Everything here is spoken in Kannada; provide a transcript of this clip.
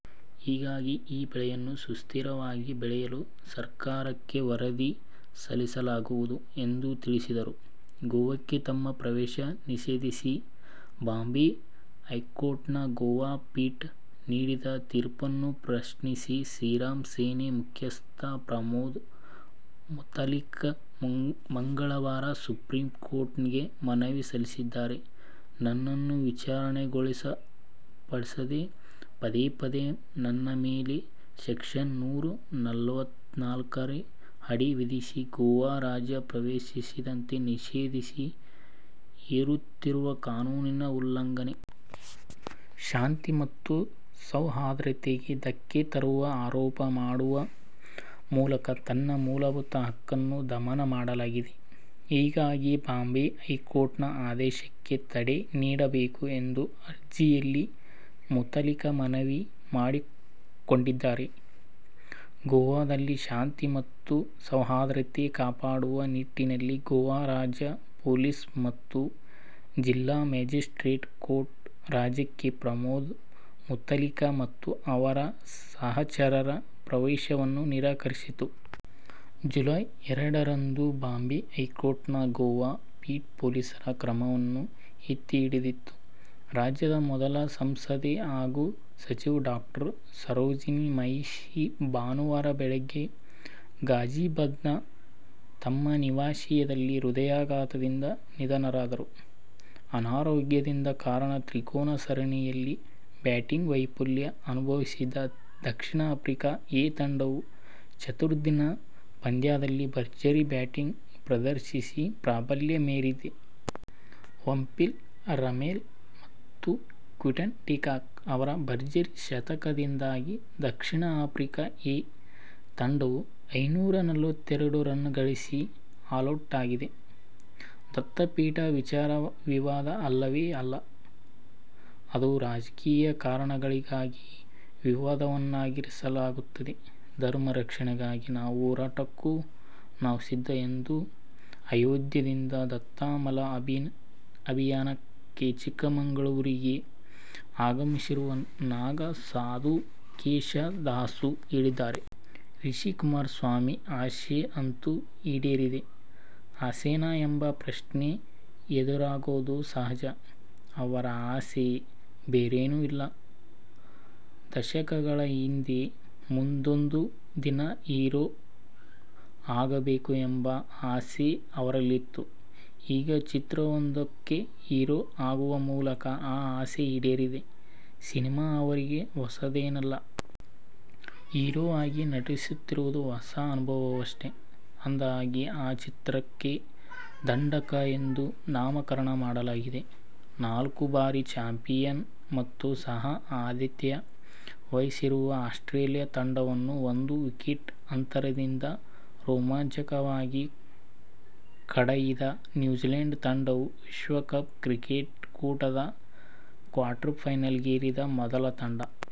ಹೀಗಾಗಿ ಈ ಬೆಳೆಯನ್ನು ಸುಸ್ಥಿರವಾಗಿ ಬೆಳೆಯಲು ಸರ್ಕಾರಕ್ಕೆ ವರದಿ ಸಲ್ಲಿಸಲಾಗುವುದು ಎಂದು ತಿಳಿಸಿದರು. ಗೋವಾಕ್ಕೆ ತಮ್ಮ ಪ್ರವೇಶ ನಿಷೇಧಿಸಿ ಬಾಂಬೆ ಹೈಕೋರ್ಟ್ನ ಗೋವಾ ಪೀಠ ನೀಡಿದ್ದ ತೀರ್ಪನ್ನು ಪ್ರಶ್ನಿಸಿ ಶ್ರೀರಾಮ ಸೇನೆ ಮುಖ್ಯಸ್ಥ ಪ್ರಮೋದ್ ಮುತಾಲಿಕ್ ಮಂಗಳವಾರ ಸುಪ್ರೀಂ ಕೋರ್ಟ್ಗೆ ಮನವಿ ಸಲ್ಲಿಸಿದ್ದಾರೆ. ನನ್ನನ್ನು ವಿಚಾರಣೆಗೊಳಪಡಿಸದೇ ಪದೇ ಪದೇ ನನ್ನ ಮೇಲೆ ಸೆಕ್ಷನ್ ನೂರ ನಲವತ್ನಾಲ್ಕರ ಅಡಿ ವಿಧಿಸಿ ಗೋವಾ ರಾಜ್ಯ ಪ್ರವೇಶಿಸದಂತೆ ನಿಷೇಧ ಹೇರುತ್ತಿರುವುದು ಕಾನೂನಿನ ಉಲ್ಲಂಘನೆ. ಶಾಂತಿ ಮತ್ತು ಸೌಹಾರ್ಧತೆಗೆ ಧಕ್ಕೆ ತರುವ ಆರೋಪ ಮಾಡುವ ಮೂಲಕ ನನ್ನ ಮೂಲಭೂತ ಹಕ್ಕನ್ನು ದಮನ ಮಾಡಲಾಗಿದೆ. ಹೀಗಾಗಿ ಬಾಂಬೆ ಹೈಕೋರ್ಟ್ನ ಆದೇಶಕ್ಕೆ ತಡೆ ನೀಡಬೇಕು ಎಂದು ಅರ್ಜಿಯಲ್ಲಿ ಮುತಾಲಿಕ್ ಮನವಿ ಮಾಡಿಕೊಂಡಿದ್ದಾರೆ. ಗೋವಾದಲ್ಲಿ ಶಾಂತಿ ಮತ್ತು ಸೌಹಾರ್ದತೆ ಕಾಪಾಡುವ ನಿಟ್ಟಿನಲ್ಲಿ ಗೋವಾ ರಾಜ್ಯ ಪೊಲೀಸ್ ಮತ್ತು ಜಿಲ್ಲಾ ಮ್ಯಾಜಿಸ್ಟ್ರೇಟ್ ಕೋರ್ಟ್ ರಾಜ್ಯಕ್ಕೆ ಪ್ರಮೋದ್ ಮುತಾಲಿಕ್ ಮತ್ತು ಅವರ ಸಹಚರರ ಪ್ರವೇಶವನ್ನು ನಿರಾಕರಿಸಿತ್ತು. ಜುಲೈ ಎರಡರಂದು ಬಾಂಬೆ ಹೈಕೋರ್ಟ್ನ ಗೋವಾ ಪೀಠ ಪೊಲೀಸರ ಕ್ರಮವನ್ನು ಎತ್ತಿಹಿಡಿದಿತ್ತು. ರಾಜ್ಯದ ಮೊದಲ ಸಂಸದೆ ಹಾಗೂ ಸಚಿವೆ ಡಾ. ಸರೋಜಿನಿ ಮಹಿಷಿ ಭಾನುವಾರ ಬೆಳಿಗ್ಗೆ ಗಾಜಿಯಾಬಾದ್ನ ತಮ್ಮ ನಿವಾಸದಲ್ಲಿ ಹೃದಯಾಘಾತದಿಂದ ನಿಧನರಾದರು. ಅನಾರೋಗ್ಯದ ಕಾರಣ ತ್ರಿಕೋನ ಸರಣಿಯಲ್ಲಿ ಬ್ಯಾಟಿಂಗ್ ವೈಫಲ್ಯ ಅನುಭವಿಸಿದ್ದ ದಕ್ಷಿಣ ಆಫ್ರಿಕಾ "ಎ' ತಂಡವು ಚತುರ್ದಿನ ಪಂದ್ಯದಲ್ಲಿ ಭರ್ಜರಿ ಬ್ಯಾಟಿಂಗ್ ಪ್ರದರ್ಶಿಸಿ ಪ್ರಾಬಲ್ಯ ಮೆರೆದಿದೆ. ಒಂಪಿಲ್ ರಮೆಲ ಮತ್ತು ಕ್ವಿಂಟನ್ ಡಿ ಕಾಕ್ ಅವರ ಭರ್ಜರಿ ಶತಕದಿಂದಾಗಿ ದಕ್ಷಿಣ ಆಫ್ರಿಕಾ "ಎ' ತಂಡವು ಐನೂರ ನಲವತ್ತೆರಡು ರನ್ ಗಳಿಸಿ ಆಲೌಟಾಗಿದೆ. ದತ್ತಪೀಠ ವಿಚಾರ ವಿವಾದ ಅಲ್ಲವೇ ಅಲ್ಲ. ಅದನ್ನು ರಾಜಕೀಯ ಕಾರಣಗಳಿಗಾಗಿ ವಿವಾದವನ್ನಾಗಿಸಲಾಗುತ್ತಿದೆ. ಧರ್ಮ ರಕ್ಷಣೆಗಾಗಿ ಯಾವ ಹೋರಾಟಕ್ಕೂ ನಾವು ಸಿದ್ಧ ಎಂದು ಅಯೋಧ್ಯೆಯಿಂದ ದತ್ತಮಾಲಾ ಅಭಿಯಾನಕ್ಕಾಗಿ ಚಿಕ್ಕಮಗಳೂರಿಗೆ ಆಗಮಿಸಿರುವ ನಾಗಾ ಸಾಧು ಕೇಶವದಾಸು ಹೇಳಿದ್ದಾರೆ. ರಿಷಿಕುಮಾರ ಸ್ವಾಮಿ ಆಸೆ ಅಂತೂ ಈಡೇರಿದೆ. ಆಸೆನಾ ಎಂಬ ಪ್ರಶ್ನೆ ಎದುರಾಗೋದು ಸಹಜ. ಅವರ ಆ ಆಸೆ ಬೇರೇನೂ ಅಲ್ಲ, ದಶಕಗಳ ಹಿಂದೆ, ಮುಂದೊಂದು ದಿನ ಹೀರೋ ಆಗಬೇಕು ಎಂಬ ಆಸೆ ಅವರಲ್ಲಿತ್ತು. ಈಗ ಚಿತ್ರವೊಂದಕ್ಕೆ ಹೀರೋ ಆಗುವ ಮೂಲಕ ಆ ಆಸೆ ಈಡೇರಿದೆ. ಸಿನಿಮಾ ಅವರಿಗೆ ಹೊಸದೇನಲ್ಲ. ಹೀರೋ ಆಗಿ ನಟಿಸುತ್ತಿರುವುದು ಹೊಸ ಅನುಭವವಷ್ಟೇ. ಅಂದಹಾಗೆ, ಆ ಚಿತ್ರಕ್ಕೆ "ದಂಢಕ' ಎಂದು ನಾಮಕರಣ ಮಾಡಲಾಗಿದೆ. ನಾಲ್ಕು ಬಾರಿಯ ಚಾಂಪಿಯನ್ ಮತ್ತು ಸಹ ಆತಿಥ್ಯ ವಹಿಸಿರುವ ಆಸ್ಟ್ರೇಲಿಯ ತಂಡವನ್ನು ಒಂದು ವಿಕೆಟ್ ಅಂತರದಿಂದ ರೋಮಾಂಚಕವಾಗಿ ಕೆಡಹಿದ ನ್ಯೂಜಿಲ್ಯಾಂಡ್ ತಂಡವು ವಿಶ್ವ ಕಪ್ ಕ್ರಿಕೆಟ್ ಕೂಟದ ಕ್ವಾರ್ಟರ್ಫೈನಲಿಗೇರಿದ ಮೊದಲ ತಂಡ.